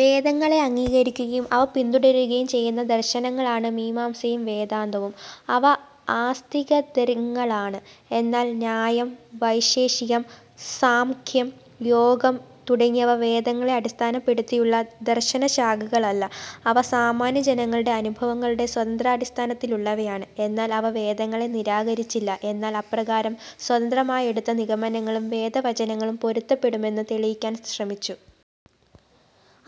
വേദങ്ങളെ അംഗീകരിക്കുകയും അവ പിന്തുടരുകയും ചെയ്യുന്ന ദർശനങ്ങളാണ്, മീമാംസയും വേദാന്തവും. അവ ആസ്തികദര്ങ്ങളാണ്. എന്നാൽ ന്യായം, വൈശേഷികം, സാംഖ്യം, യോഗം തുടങ്ങിയവ വേദങ്ങളെ അടിസ്ഥാനപ്പെടുത്തിയുള്ള ദർശനശാഖകളല്ല. അവ സാമാന്യജനങ്ങളുടെ അനുഭവങ്ങളുടെ സ്വതന്ത്രാടിസ്ഥാനത്തിലുള്ളവയാണ്. എന്നാൽ അവ വേദങ്ങളെ നിരാകരിച്ചില്ല, എന്നാൽ അപ്രകാരം സ്വതന്ത്രമായെടുത്ത നിഗമനങ്ങളും, വേദവചനങ്ങളും പൊരുത്തപ്പെടുമെന്ന് തെളിയിക്കാൻ ശ്രമിച്ചു.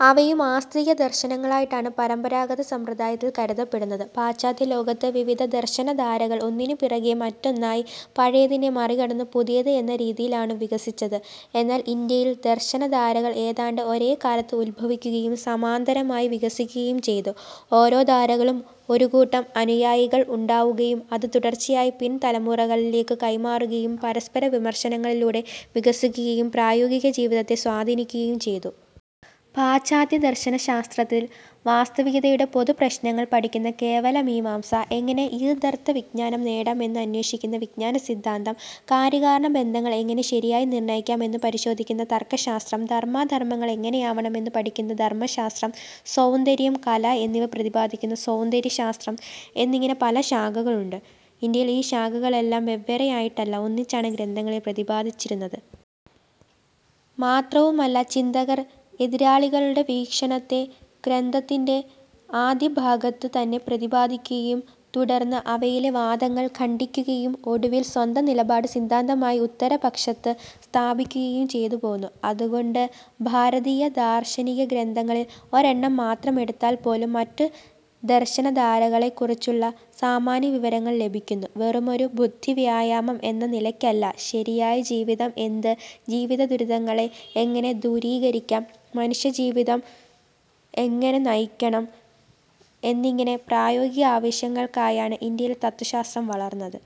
അവയും ആസ്തികദർശനങ്ങളായിട്ടാണ് പരമ്പരാഗത സമ്പ്രദായത്തിൽ, കരുതപ്പെടുന്നത്. പാശ്ചാത്യലോകത്ത്, വിവിധ ദർശനധാരകൾ, ഒന്നിനു പിറകേ മറ്റോന്നായി, പഴയതിനെ മറികടന്നു പുതിയത് എന്ന രീതിയിലാണു വികസിച്ചത്. എന്നാൽ ഇന്ത്യയിൽ, ദർശനധാരകൾ ഏതാണ്ട് ഒരേ കാലത്ത് ഉത്ഭവിക്കുകയും സമാന്തരമായി വികസിക്കുകയും ചെയ്തു. ഒരോ ധാരകളും ഒരു കൂട്ടം അനുയായികൾ ഉണ്ടാവുകയും അത് തുടർച്ചയായി പിൻതലമുറകളിലേക്കു കൈമാറുകയും പരസ്പരവിമർശനങ്ങളിലൂടെ വികസിക്കുകയും പ്രായോഗികജീവിതത്തെ സ്വാധീനിക്കുകയും ചെയ്തു. പാശ്ചാത്യദർശനശാസ്ത്രത്തിൽ, വാസ്തവികതയുടെ പൊതുപ്രശ്നങ്ങൾ പഠിക്കുന്ന കേവലമീമാംസ, എങ്ങനെ യ്ഥർത്ഥവിജ്ഞാനം നേടാം എന്ന് അന്വേഷിക്കുന്ന വിഞ്ജാനസിദ്ധാന്തം, കാര്യകാരണബന്ധങ്ങൾ എങ്ങനെ ശരിയായി നിർണയിക്കാം എന്നു പരിശോധിക്കുന്ന തർക്കശാസ്ത്രം, ധർമ്മാധർമ്മങ്ങൾ എങ്ങനെയാവണം എന്നു പഠിക്കുന്ന ധർമ്മശാസ്ത്രം, സൌന്ദര്യം, കല എന്നിവ പ്രതിപാദിക്കുന്ന സൌന്ദര്യശാസ്ത്രം എന്നിങ്ങനെ പല ശാഖകളുണ്ട്. ഇന്ത്യയിൽ ഈ ശാഖകളെല്ലാം വെവ്വേറെയായിട്ടല്ല, ഒന്നിച്ചാണ് ഗ്രന്ഥങ്ങളിൽ പ്രതിപാദിച്ചിരുന്നത്. മാത്രവുമല്ല, ചിന്തകർ എതിരാളികളുടെ വീക്ഷണത്തെ ഗ്രന്ഥത്തിൻറെ ആദ്യഭാഗത്ത് തന്നെ പ്രതിപാദിക്കുകയും, തുടർന്ന് അവയിലെ വാദങ്ങൾ ഖണ്ഡിക്കുകയും ഒടുവിൽ സ്വന്തം നിലപാട് സിദ്ധാന്തമായി ഉത്തരപക്ഷത്ത് സ്ഥാപിക്കുകയും ചെയ്തു പോന്നു. അതുകൊണ്ട്, ഭാരതീയദാർശനികഗ്രന്ഥങ്ങളിൽ ഒരെണ്ണം മാത്രമെടുത്താൽ പോലും മറ്റു ദർശനധാരകളെക്കുറിച്ചുള്ള സാമാന്യവിവരങ്ങൾ ലഭിക്കുന്നു. വെറുമൊരു ബുദ്ധിവ്യായാമം എന്ന നിലയ്ക്കല്ല, ശരിയായ ജീവിതം എന്ത്, ജീവിതദുരിതങ്ങളെ എങ്ങനെ ദൂരീകരിക്കാം, മനുഷ്യജീവിതം എങ്ങനെ നയിക്കണം എന്നിങ്ങനെ, പ്രായോഗികാവശ്യങ്ങൾക്കായാണ് ഇന്ത്യയിലെ തത്ത്വശാസ്ത്രം വളർന്നത്.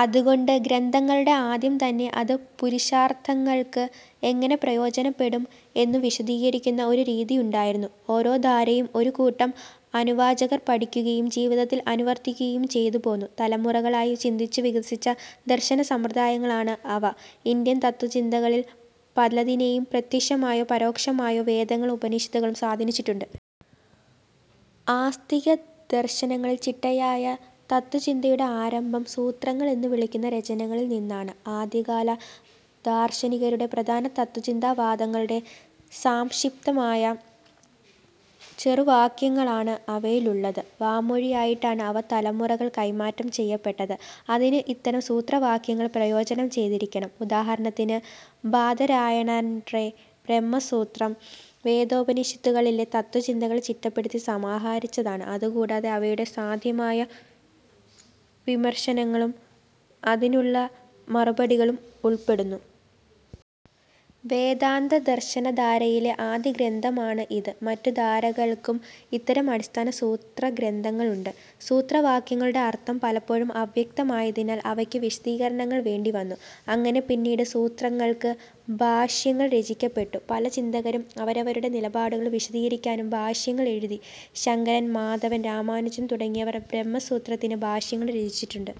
അതുകൊണ്ട്, ഗ്രന്ഥങ്ങളുടെ ആദ്യം തന്നെ അത് പുരുഷാർത്ഥങ്ങൾക്ക് എങ്ങനെ പ്രയോജനപെടും എന്നു വിശദീകരിക്കുന്ന ഒരു രീതിയുണ്ടായിരുന്നു. ഒരോ ധാരയും ഒരു കൂട്ടം അനുവാചകർ പഠിക്കുകയും ജീവിതത്തിൽ അനുവർത്തിക്കുകയും ചെയ്തു പോന്നു. തലമുറകളായി ചിന്തിച്ചു വികസിപ്പിച്ച ദർശനസമ്പ്രദായങ്ങളാണ് അവ. ഇന്ത്യൻ തത്ത്വചിന്തകളിൽ പലതിനെയും പ്രത്യക്ഷമായോ പരോക്ഷമായോ, വേദങ്ങളും ഉപനിഷത്തുകളും സ്വാധീനിച്ചിട്ടുണ്ട്. ആസ്തികദർശനങ്ങളിൽ, ചിട്ടയായ തത്ത്വചിന്തയുടെ ആരഭം, "സൂത്രങ്ങൾ" എന്നു വിളിക്കുന്ന രചനകളിൽ നിന്നാണ്. ആദ്യകാലദാർശനികരുടെ പ്രധാന തത്ത്വചിന്താവാദങ്ങളുടെ സാംക്ഷിപ്തമായ ചെറുവാക്യങ്ങളാണ് അവയിലുള്ളത്. വാമൊഴിയായിട്ടാണ് അവ തലമുറകൾ കൈമാറ്റം ചെയ്യപ്പെട്ടത്. അതിന് ഇത്തരം സൂത്രവാക്യങ്ങൾ പ്രയോജനം ചെയ്തിരിക്കണം. ഉദാഹരണത്തിന് ബാദരായണൻറെ ബ്രഹ്മസൂത്രം, വേദോപനിഷത്തുകളിലെ തത്ത്വചിന്തകൾ ചിട്ടപ്പെടുത്തി സമാഹരിച്ചതാണ്. അതുകൂടാതെ, അവയുടെ സാധ്യമായ വിമർശനങ്ങളും, അതിനുള്ള മറുപടികളും ഉൾപ്പെടുന്നു. വേദാന്തദർശനധാരയിലെ ആദ്യഗ്രന്ഥമാണ് ഇത്. മറ്റു ധാരകൾക്കും ഇത്തരം അടിസ്ഥാന സൂത്രഗ്രന്ഥങ്ങളുണ്ട്. സൂത്രവാക്യങ്ങളുടെ അർത്ഥം പലപ്പോഴും അവ്യക്തമായതിനാൽ, അവയ്ക്ക് വിശദീകരണങ്ങൾ വേണ്ടിവന്നു. അങ്ങനെ പിന്നീട്, സൂത്രങ്ങൾക്ക് ഭാഷ്യങ്ങൾ രചിക്കപ്പെട്ടു. പല ചിന്തകരും അവരവരുടെ നിലപാടുകൾ വിശദീകരിക്കാനും ഭാഷ്യങ്ങൾ എഴുതി. ശങ്കരൻ, മാധവൻ, രാമാനുജൻ തുടങ്ങിയവർ ബ്രഹ്മസൂത്രത്തിന് ഭാഷ്യങ്ങൾ രചിച്ചിട്ടുണ്ട്.